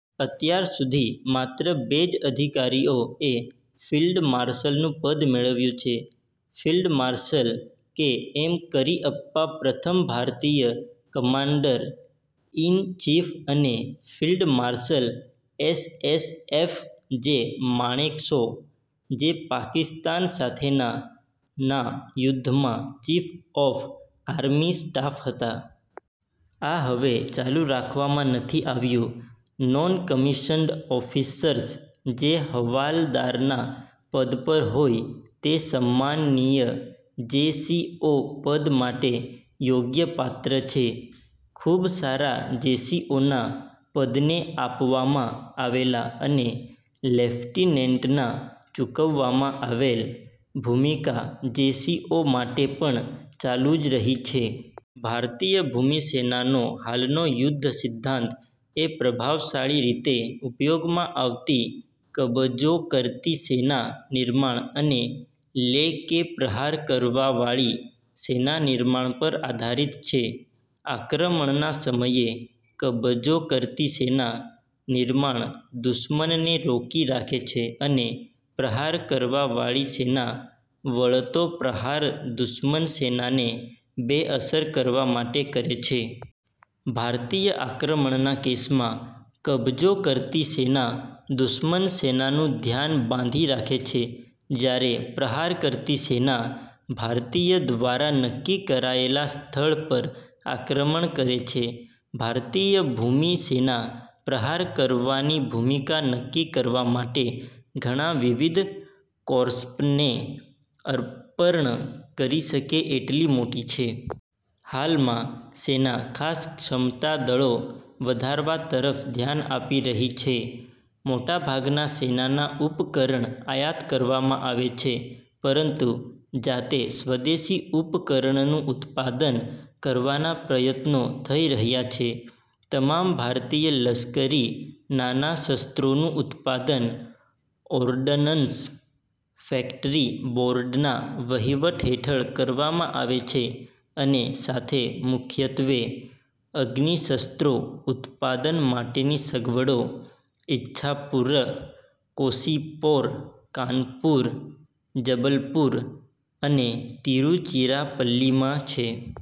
અત્યાર સુધી માત્ર બે જ અધિકારીઓ એ ફિલ્ડ માર્શલનું પદ મેળવ્યું છે: field marshal K M Cariappa પ્રથમ ભારતીય કમાન્ડર ઈન ચીફ અને field marshal S H F J Manekshaw, જે પાકિસ્તાન સાથેના ના યુદ્ધમાં ચીફ ઓફ આર્મી સ્ટાફ હતા. આ હવે ચાલુ રાખવામાં નથી આવ્યું. નોન કમિશન્ડ ઓફિસર્સ જે હવાલદારના પદ પર હોય તે સમ્માનીય જે. સી. ઓ પદ માટે યોગ્યપાત્ર છે. ખૂબ સારા જેસીઓના પદને આપવામાં આવેલા અને લેફટેનન્ટના ચૂકવવામાં આવેલ, ભૂમિકા જેસીઓ માટે પણ ચાલુ જ રહી છે. ભારતીય ભૂમિ સેનાનો હાલનો યુદ્ધ સિદ્ધાંત એ પ્રભાવશાળી રીતે ઉપયોગમાં આવતી કબજો કરતી સેના નિર્માણ અને લે કે પ્રહાર કરવાવાળી સેના નિર્માણ પર આધારિત છે. આક્રમણના સમયે, કબજો કરતી સેના નિર્માણ દુશ્મનને રોકી રાખે છે અને પ્રહાર કરવાવાળી સેના વળતો પ્રહાર દુશ્મન સેનાને બેઅસર કરવા માટે કરે છે. ભારતીય આક્રમણના કેસમાં, કબજો કરતી સેના દુશ્મન સેનાનું ધ્યાન બાંધી રાખે છે જ્યારે પ્રહાર કરતી સેના ભારતીય દ્વારા નક્કી કરાયેલા સ્થળ પર આક્રમણ કરે છે. ભારતીય ભૂમિ સેના પ્રહાર કરવાની ભૂમિકા નક્કી કરવા માટે ઘણા વિવિધ કોર્સ્પને અપર્ણ કરી શકે એટલી મોટી છે. હાલમાં, સેના ખાસ ક્ષમતા દળો વધારવા તરફ ધ્યાન આપી રહી છે. મોટાભાગના સેનાના ઉપકરણ આયાત કરવામાં આવે છે, પરંતુ જાતે સ્વદેશી ઉપકરણનું ઉત્પાદન કરવાના પ્રયત્નો થઈ રહ્યા છે. તમામ ભારતીય લશ્કરી નાના શસ્ત્રોનું ઉત્પાદન ઓર્ડનન્સ ફેકટરી બોર્ડના વહીવટ હેઠળ કરવામાં આવે છે, અને સાથે મુખ્યત્વે અગ્નિશસ્ત્રો ઉત્પાદન માટેની સગવડો ઈચ્છાપુર, કોસીપોર, કાનપુર, જબલપુર અને તિરુચીરાપલ્લીમાં છે.